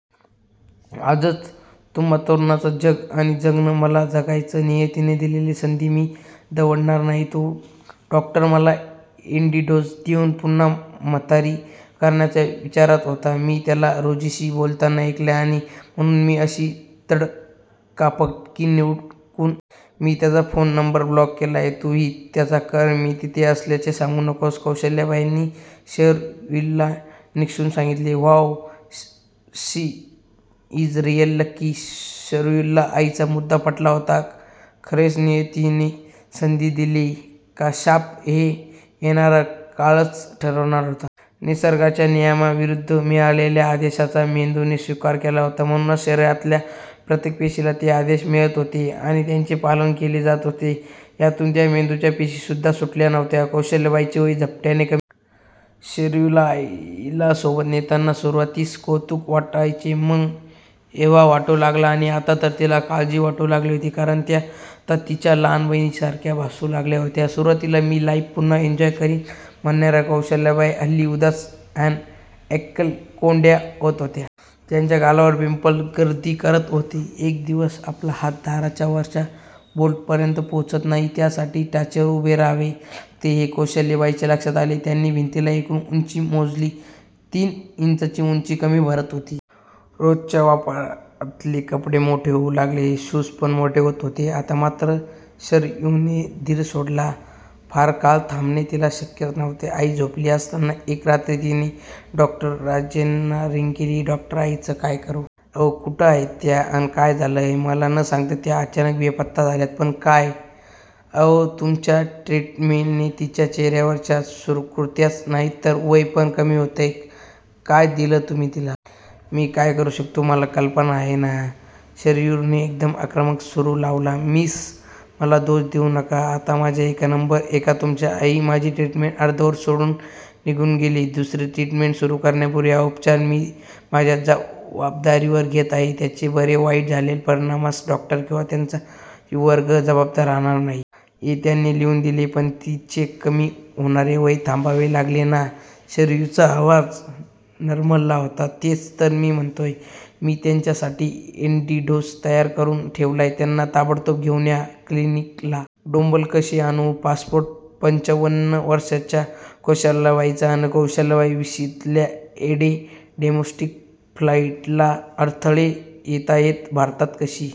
आजच तुम्हा तरुणांचं 'जग' आणि 'जगणं ' मला जगायचंय! नियतीने दिलेली संधी मी दवडणार नाही! तो डॉक्टर मला ऍंटीडोस देऊन पुन्हा म्हातारी करण्याच्या विचारात होता! मी त्याला रोजीशी बोलताना ऐकलंय! आणि म्हणून मी अशी तडकाफडकी निघून आले! मी त्याचा फोन नंबर ब्लॉक केलाय! तू हि त्याचा कर! मी येथे असल्याचे सांगू नकोस! कौसल्याबाईंनी शरयूला निक्षून सांगितले. Wow! She is really lucky! शरयूला आईचा मुद्दा पटला होता! खरेच नियतीने 'संधी' दिलीयय का, 'शाप ' हे येणारा काळच ठरवणार होता! निसर्गच्या नियमाविरुद्ध मिळालेल्या आदेशाचा मेंदूने स्वीकार केला होता! म्हणूनच शरीरातल्या प्रत्येक पेशीला ते आदेश मिळत होते! आणि त्यांचे पालन केले जात होते! यातून त्या मेंदूच्या पेशी सुद्धा सुटल्या नव्हत्या! कौसल्याबाईंचे वय झपाट्याने कमी होत होते. शरयूला आईला सोबत नेताना सुरवातीस कौतुक वाटायचे, मग हेवा वाटू लागला आणि आता तर तिला काळजी वाटू लागली होती. कारण त्या आता तिच्या लहान बहिणी सारख्या भासू लागल्या होत्या! सुरवातीला मी लाईफ पुन्हा एन्जॉय करीन म्हणणाऱ्या कौसल्याबाई, हल्ली उदास अन एक्कलकोंड्या होत होत्या! त्यांच्या गालावर पिंपल्स गर्दी करत होते! एक दिवस आपला हात दाराच्या वरच्या बोल्ट पर्यंत पोहचत नाही, त्या साठी टाचेवर उभे रहावे लागते हे कौसल्याबाईंच्या लक्षात आले. त्यांनी भिंतीला टेकून उंची मोजली. तीन इंचाने उंची कमी भरत होती! रोजच्या वापरातले कपडे मोठे होऊ लागले, शूज पण मोठे होत होते. आता मात्र शरयूने धीर सोडला. फारकाळ थांबणे तिला शक्यच नव्हते. आई झोपली असताना, एके रात्री तिने डॉ. राजेंना रिंग केली. " डॉक्टर, आईच काय करू? " "अहो, कुठं आहेत त्या? अन काय झालंय? मला न सांगता त्या अचानक बेपत्ता झाल्यात! " "पण काय? " "अहो, तुमच्या ट्रीटमेंटने तिच्या चेहऱ्यावरच्या सुरकुत्याच, नाही तर वय पण कमी होतंय! काय दिलंत तुम्ही तिला? मी काय करू शकते तुम्हाला कल्पना आहे ना? " शरयूने एकदम आक्रमक सूर लावला. "मिस! मला दोष देऊ नका! आता माझे ऐका! नंबर एक, तुमच्या आई, माझी ट्रीटमेंट अर्धवट सोडून निघून गेल्या. दुसरे, ट्रीटमेंट सुरु करण्यापूर्वी 'हा उपचार, मी माझ्या जवाबदारीवर घेत आहे, त्याचे बरे वाईट झालेल्या परिणामास डॉक्टर किंवा त्यांचा कर्मचारी वर्ग जवाबदार रहाणार नाहीत. हे त्यांनी लिहून दिलीय! " "पण तिचे कमी होणारे वय थांबवावे लागेल ना? " शरयूचा आवाज नरमला होता. " तेच तर मी म्हणतोय! मी त्यांच्या साठी ऍंटीडोस तयार करून ठेवलाय! त्यांना ताबडतोब घेऊन या क्लिनिकला! " डोंबल! कशी आणू? पासपोर्ट, पंचावन्न वर्षाच्या कौसल्याबाईचा अन कौशल्याबाई विशीतल्या! येथे डोमॅस्टिक फ्लाईटला अडथळे येताहेत, भारतात कशी